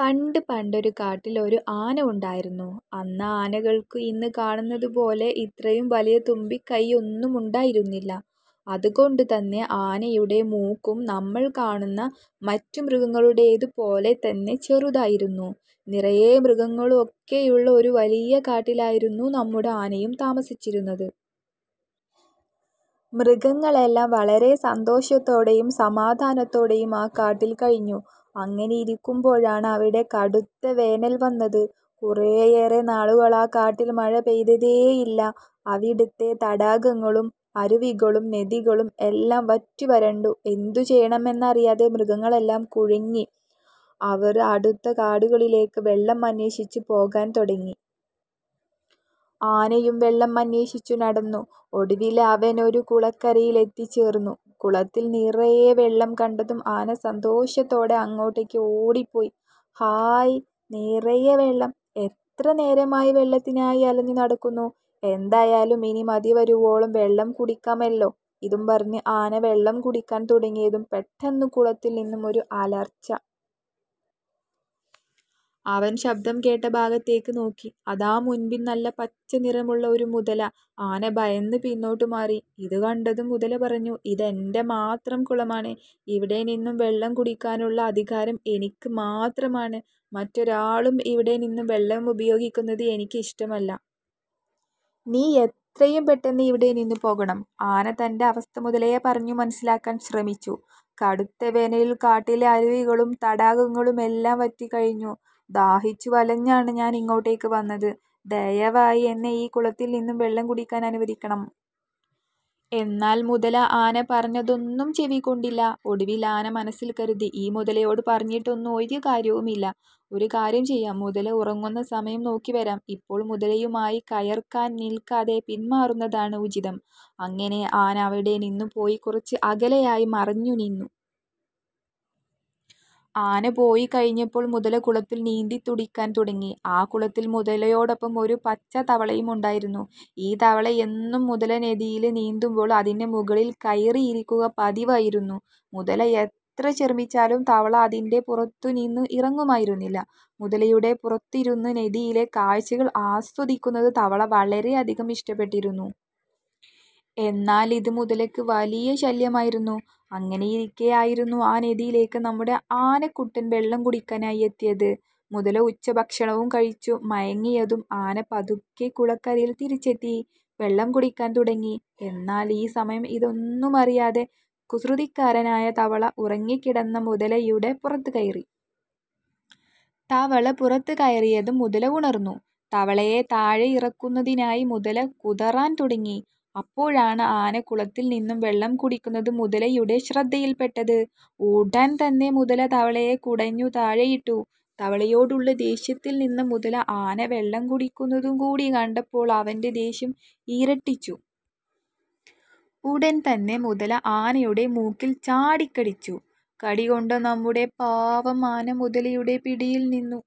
പണ്ട് പണ്ടൊരു കാട്ടിൽ ഒരു ആന ഉണ്ടായിരുന്നു. അന്ന് ആനകൾക്ക് ഇന്നു കാണുന്നതു പോലെ ഇത്രയും വലിയ തുമ്പിക്കൈയൊന്നും ഉണ്ടായിരുന്നില്ല. അതുകൊണ്ടു തന്നെ ആനയുടെ മൂക്കും നമ്മൾ കാണുന്ന മറ്റു മൃഗങ്ങളുടേതു പോലെ തന്നെ ചെറുതായിരുന്നു. നിറയെ മൃഗങ്ങളൊക്കെയുള്ള ഒരു വലിയ കാട്ടിലായിരുന്നു നമ്മുടെ ആനയും താമസിച്ചിരുന്നത്. മൃഗങ്ങളെല്ലാം വളരെ സന്തോഷത്തോടെയും സമാധാനത്തോടെയും ആ കാട്ടിൽ കഴിഞ്ഞു. അങ്ങനെയിരിക്കുമ്പോഴാണ് അവിടെ കടുത്ത വേനൽ വന്നത്. കുറേയേറെ നാളുകൾ ആ കാട്ടിൽ മഴ പെയ്തതേ ഇല്ല. അവിടത്തെ തടാകങ്ങളും അരുവികളും നദികളും എല്ലാം വറ്റി വരണ്ടു. എന്തു ചെയ്യണം എന്നറിയാതെ മൃഗങ്ങളെല്ലാം കുഴങ്ങി. അവർ അടുത്ത കാടുകളിലേക്ക് വെള്ളം അന്വേഷിച്ച് പോകാൻ തുടങ്ങി. ആനയും വെള്ളം അന്വേഷിച്ചു നടന്നു. ഒടുവിൽ അവൻ ഒരു കുളക്കരയിൽ എത്തിചേർന്നു. കുളത്തിൽ നിറയെ വെള്ളം കണ്ടതും ആന സന്തോഷത്തോടെ അങ്ങോട്ടേക്ക് ഓടി പോയി. "ഹായ് നിറയെ വെള്ളം, എത്ര നേരമായി വെള്ളത്തിനായി അലഞ്ഞു നടക്കുന്നു. എന്തായാലും ഇനി മതിവരുവോളം വെള്ളം കുടിക്കാമല്ലോ. " ഇതും പറഞ്ഞ് ആന വെള്ളം കുടിക്കാൻ തുടങ്ങിയതും പെട്ടെന്ന് കുളത്തിൽ നിന്നും ഒരു അലർച്ച. അവൻ ശബ്ദം കേട്ട ഭാഗത്തേക്ക് നോക്കി. അതാ മുൻപിൽ നല്ല പച്ച നിറമുള്ള ഒരു മുതല. ആന ഭയന്ന് പിന്നോട്ട് മാറി. ഇതു കണ്ടതും മുതല പറഞ്ഞു "ഇതെന്റെ മാത്രം കുളമാണ്. ഇവിടെ നിന്നും വെള്ളം കുടിക്കാനുള്ള അധികാരം എനിക്ക് മാത്രമാണ്. മറ്റൊരാളും ഇവിടെ നിന്നും വെള്ളം ഉപയോഗിക്കുന്നത് എനിക്കിഷ്ടമല്ല. നീ എത്രയും പെട്ടെന്ന് ഇവിടെ നിന്നു പോകണം. " ആന തന്റെ അവസ്ഥ മുതലയെ പറഞ്ഞു മനസ്സിലാക്കാൻ ശ്രമിച്ചു. "കടുത്ത വേനലിൽ കാട്ടിലെ അരുവികളും തടാകങ്ങളുമെല്ലാം വറ്റി കഴിഞ്ഞു. ദാഹിച്ചു വലഞ്ഞാണ് ഞാൻ ഇങ്ങോട്ടേക്ക് വന്നത്. ദയവായി എന്നെ ഈ കുളത്തിൽ നിന്ന് വെള്ളം കുടിക്കാൻ അനുവദിക്കണം. " എന്നാൽ മുതല ആന പറഞ്ഞതൊന്നും ചെവിക്കൊണ്ടില്ല. ഒടുവിൽ ആന മനസ്സിൽ കരുതി "ഈ മുതലയോട് പറഞ്ഞിട്ടൊന്നും ഒരു കാര്യവുമില്ല. ഒരു കാര്യം ചെയ്യാം മുതല ഉറങ്ങുന്ന സമയം നോക്കി വരാം. ഇപ്പോൾ മുതലയുമായി കയർക്കാൻ നിൽക്കാതെ പിൻമാറുന്നതാണ് ഉചിതം. " അങ്ങനെ ആന അവിടെ നിന്നു പോയി കുറച്ച് അകലെയായി മറഞ്ഞു നിന്നു. ആന പോയി കഴിഞ്ഞപ്പോൾ മുതല കുളത്തിൽ നീന്തിത്തുടിക്കാൻ തുടങ്ങി. ആ കുളത്തിൽ മുതലയോടൊപ്പം ഒരു പച്ച തവളയും ഉണ്ടായിരുന്നു. ഈ തവള എന്നും മുതല നദിയിൽ നീന്തുമ്പോൾ അതിന്റെ മുകളിൽ കയറിയിരിക്കുക പതിവായിരുന്നു. മുതല എത്ര ശ്രമിച്ചാലും തവള അതിന്റെ പുറത്തു നിന്നും ഇറങ്ങുമായിരുന്നില്ല. മുതലയുടെ പുറത്തിരുന്ന് നദിയിലെ കാഴ്ചകൾ ആസ്വദിക്കുന്നത് തവള വളരെയധികം ഇഷ്ടപ്പെട്ടിരുന്നു. എന്നാൽ ഇത് മുതലയ്ക്ക് വലിയ ശല്യമായിരുന്നു. അങ്ങനെയിരിക്കെ ആയിരുന്നു ആ നദിയിലേക്ക് നമ്മുടെ ആനക്കുട്ടൻ വെള്ളം കുടിക്കാനായി എത്തിയത്. മുതല ഉച്ചഭക്ഷണവും കഴിച്ചു മയങ്ങിയതും ആന പതുക്കെ കുളക്കരയിൽ തിരിച്ചെത്തി വെള്ളം കുടിക്കാൻ തുടങ്ങി. എന്നാൽ ഈ സമയം ഇതൊന്നുമറിയാതെ കുസൃതിക്കാരനായ തവള ഉറങ്ങിക്കിടന്ന മുതലയുടെ പുറത്തുകയറി. തവള പുറത്തു കയറിയതും മുതല ഉണർന്നു. തവളയെ താഴെ ഇറക്കുന്നതിനായി മുതല കുതറാൻ തുടങ്ങി. അപ്പോഴാണ് ആന കുളത്തിൽ നിന്നും വെള്ളം കുടിക്കുന്നത് മുതലയുടെ ശ്രദ്ധയിൽപ്പെട്ടത്. ഉടൻ തന്നെ മുതല തവളയെ കുടഞ്ഞു താഴെയിട്ടു. തവളയോടുള്ള ദേഷ്യത്തിൽ നിന്ന മുതല ആന വെള്ളം കുടിക്കുന്നത് കൂടി കണ്ടപ്പോൾ അവന്റെ ദേഷ്യം ഇരട്ടിച്ചു. ഉടൻ തന്നെ മുതല ആനയുടെ മൂക്കിൽ ചാടി കടിച്ചു. കടി കൊണ്ട നമ്മുടെ പാവം ആന മുതലയുടെ പിടിയിൽ നിന്നു